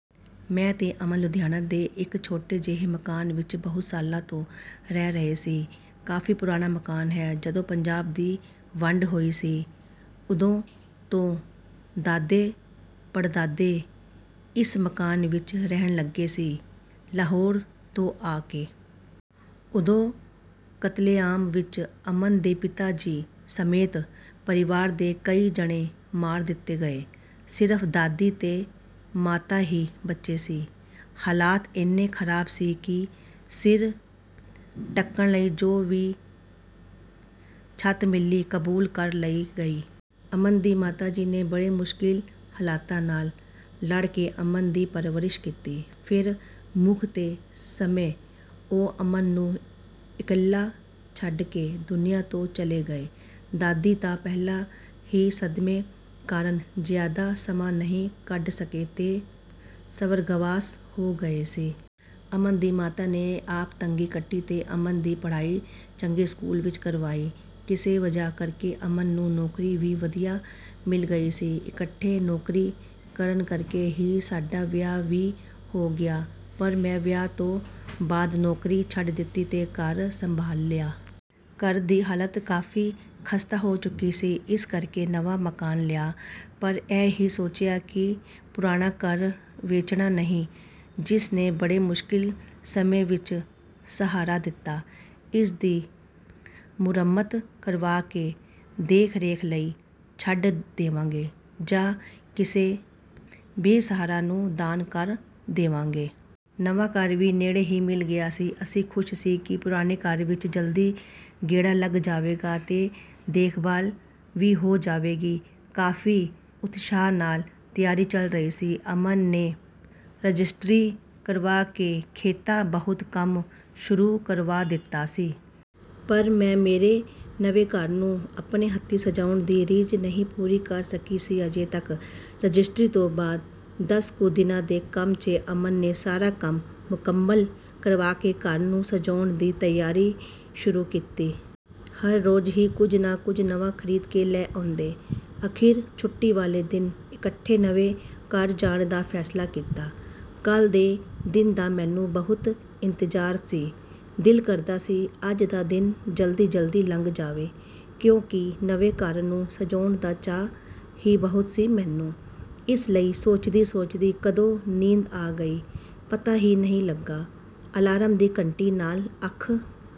ਮੈਂ ਤੇ ਅਮਨ ਲੁਧਿਆਣਾ ਦੇ ਇੱਕ ਛੋਟੇ ਜਿਹੇ ਮਕਾਨ ਵਿੱਚ ਬਹੁਤ ਸਾਲਾਂ ਤੋਂ ਰਹਿ ਰਹੇ ਸੀ। ਕਾਫ਼ੀ ਪੁਰਾਣਾ ਮਕਾਨ ਹੈ। ਜਦੋਂ ਪੰਜਾਬ ਦੀ ਵੰਡ ਹੋਈ ਸੀ, ਉਦੋਂ ਤੋਂ ਦਾਦੇ-ਪੜਦਾਦੇ ਇਸ ਮਕਾਨ ਵਿੱਚ ਰਹਿਣ ਲੱਗੇ ਸੀ, ਲਾਹੌਰ ਤੋਂ ਆ ਕੇ। ਉਦੋਂ ਕਤਲੇਆਮ ਵਿੱਚ ਅਮਨ ਦੇ ਪਿਤਾ ਜੀ ਸਮੇਤ ਪਰਿਵਾਰ ਦੇ ਕਈ ਜਣੇ ਮਾਰ ਦਿੱਤੇ ਗਏ। ਸਿਰਫ਼ ਦਾਦੀ ਤੇ ਮਾਤਾ ਹੀ ਬਚੇ ਸੀ। ਹਾਲਾਤ ਏਨੇ ਖਰਾਬ ਸੀ ਕਿ ਸਿਰ ਢੱਕਣ ਲਈ ਜੋ ਵੀ ਛੱਤ ਮਿਲੀ, ਕਬੂਲ ਕਰ ਲਈ ਗਈ। ਅਮਨ ਦੀ ਮਾਤਾ ਜੀ ਨੇ ਬੜੇ ਮੁਸ਼ਕਿਲ ਹਾਲਾਤਾਂ ਨਾਲ ਲੜ ਕੇ ਅਮਨ ਦੀ ਪਰਵਰਿਸ਼ ਕੀਤੀ। ਫਿਰ, ਸੁੱਖ ਦੇ ਸਮੇਂ ਉਹ ਅਮਨ ਨੂੰ ਇਕੱਲਾ ਛੱਡ ਕੇ ਦੁਨੀਆ ਤੋਂ ਚਲੇ ਗਏ। ਦਾਦੀ ਤਾਂ ਪਹਿਲਾਂ ਹੀ ਸਦਮੇ ਕਾਰਨ ਜ਼ਿਆਦਾ ਸਮਾਂ ਨਹੀਂ ਕੱਢ ਸਕੇ ਤੇ ਸਵਰਗਵਾਸ ਹੋ ਗਏ ਸੀ। ਅਮਨ ਦੀ ਮਾਤਾ ਨੇ ਆਪ ਤੰਗੀ ਕੱਟੀ ਤੇ ਅਮਨ ਦੀ ਪੜ੍ਹਾਈ ਚੰਗੇ ਸਕੂਲ ਵਿੱਚ ਕਰਵਾਈ। ਇਸੇ ਵਜ੍ਹਾ ਕਰਕੇ ਅਮਨ ਨੂੰ ਨੌਕਰੀ ਵੀ ਵਧੀਆ ਮਿਲ ਗਈ ਸੀ। ਇਕੱਠੇ ਨੌਕਰੀ ਕਰਨ ਕਰਕੇ ਹੀ ਸਾਡਾ ਵਿਆਹ ਵੀ ਹੋ ਗਿਆ, ਪਰ ਮੈਂ ਵਿਆਹ ਤੋਂ ਬਾਅਦ ਨੌਕਰੀ ਛੱਡ ਦਿੱਤੀ ਤੇ ਘਰ ਸੰਭਾਲ ਲਿਆ। ਘਰ ਦੀ ਹਾਲਤ ਕਾਫ਼ੀ ਖਸਤਾ ਹੋ ਚੁੱਕੀ ਸੀ। ਇਸ ਕਰਕੇ ਨਵਾਂ ਮਕਾਨ ਲਿਆ। ਪਰ ਇਹ ਵੀ ਸੋਚਿਆ ਕਿ ਪੁਰਾਣਾ ਘਰ ਵੇਚਣਾ ਨਹੀਂ, ਜਿਸ ਨੇ ਬੜੇ ਮੁਸ਼ਕਿਲ ਸਮੇਂ ਵਿੱਚ ਸਹਾਰਾ ਦਿੱਤਾ। ਇਸ ਦੀ ਮੁਰੰਮਤ ਕਰਵਾ ਕੇ ਦੇਖ-ਰੇਖ ਲਈ ਛੱਡ ਦੇਵਾਂਗੇ ਜਾਂ ਕਿਸੇ ਬੇਸਹਾਰਾ ਨੂੰ ਦਾਨ ਕਰ ਦੇਵਾਂਗੇ। ਨਵਾਂ ਘਰ ਵੀ ਨੇੜੇ ਹੀ ਮਿਲ ਗਿਆ ਸੀ। ਅਸੀਂ ਖੁਸ਼ ਸੀ ਕਿ ਪੁਰਾਣੇ ਘਰ ਵੀ ਜਲਦੀ ਗੇੜਾ ਲੱਗ ਜਾਵੇਗਾ ਤੇ ਦੇਖ-ਭਾਲ ਵੀ ਹੋ ਜਾਵੇਗੀ। ਕਾਫ਼ੀ ਉਤਸ਼ਾਹ ਨਾਲ ਤਿਆਰੀ ਚੱਲ ਰਹੀ ਸੀ। ਅਮਨ ਨੇ ਰਜਿਸਟਰੀ ਕਰਵਾ ਕੇ ਥੋੜ੍ਹਾ-ਬਹੁਤ ਕੰਮ ਸ਼ੁਰੂ ਕਰਵਾ ਦਿੱਤਾ ਸੀ। ਪਰ ਮੈਂ ਮੇਰੇ ਨਵੇਂ ਘਰ ਨੂੰ ਆਪਣੇ ਹੱਥੀਂ ਸਜਾਉਣ ਦੀ ਰੀਝ ਨਹੀਂ ਪੂਰੀ ਕਰ ਸਕੀ ਸੀ ਅਜੇ ਤੱਕ...। ਰਜਿਸਟਰੀ ਤੋਂ ਬਾਅਦ ਦਸ ਕੁ ਦਿਨਾਂ ਦੇ ਕੰਮ 'ਚ ਅਮਨ ਨੇ ਸਾਰਾ ਕੰਮ ਮੁਕੰਮਲ ਕਰਵਾ ਕੇ ਘਰ ਨੂੰ ਸਜਾਉਣ ਦੀ ਤਿਆਰੀ ਸ਼ੁਰੂ ਕੀਤੀ। ਹਰ ਰੋਜ਼ ਹੀ ਕੁਝ ਨਾ ਕੁਝ ਨਵਾਂ ਖਰੀਦ ਕੇ ਲੈ ਆਉਂਦੇ। ਅਖੀਰ ਛੁੱਟੀ ਵਾਲੇ ਦਿਨ ਇਕੱਠੇ ਨਵੇਂ ਘਰ ਜਾਣ ਦਾ ਫ਼ੈਸਲਾ ਕੀਤਾ। ਕੱਲ੍ਹ ਦੇ ਦਿਨ ਦਾ ਮੈਨੂੰ ਬਹੁਤ ਇੰਤਜ਼ਾਰ ਸੀ। ਦਿਲ ਕਰਦਾ ਸੀ ਅੱਜ ਦਾ ਦਿਨ ਜਲਦੀ-ਜਲਦੀ ਲੰਘ ਜਾਵੇ, ਕਿਉਂਕਿ ਨਵੇਂ ਘਰ ਨੂੰ ਸਜਾਉਣ ਦਾ ਚਾਅ ਹੀ ਬਹੁਤ ਸੀ ਮੈਨੂੰ, ਇਸ ਲਈ ਸੋਚਦੀ-ਸੋਚਦੀ ਕਦੋਂ ਨੀਂਦ ਆ ਗਈ, ਪਤਾ ਹੀ ਨਹੀਂ ਲੱਗਾ। ਅਲਾਰਮ ਦੀ ਘੰਟੀ ਨਾਲ ਅੱਖ...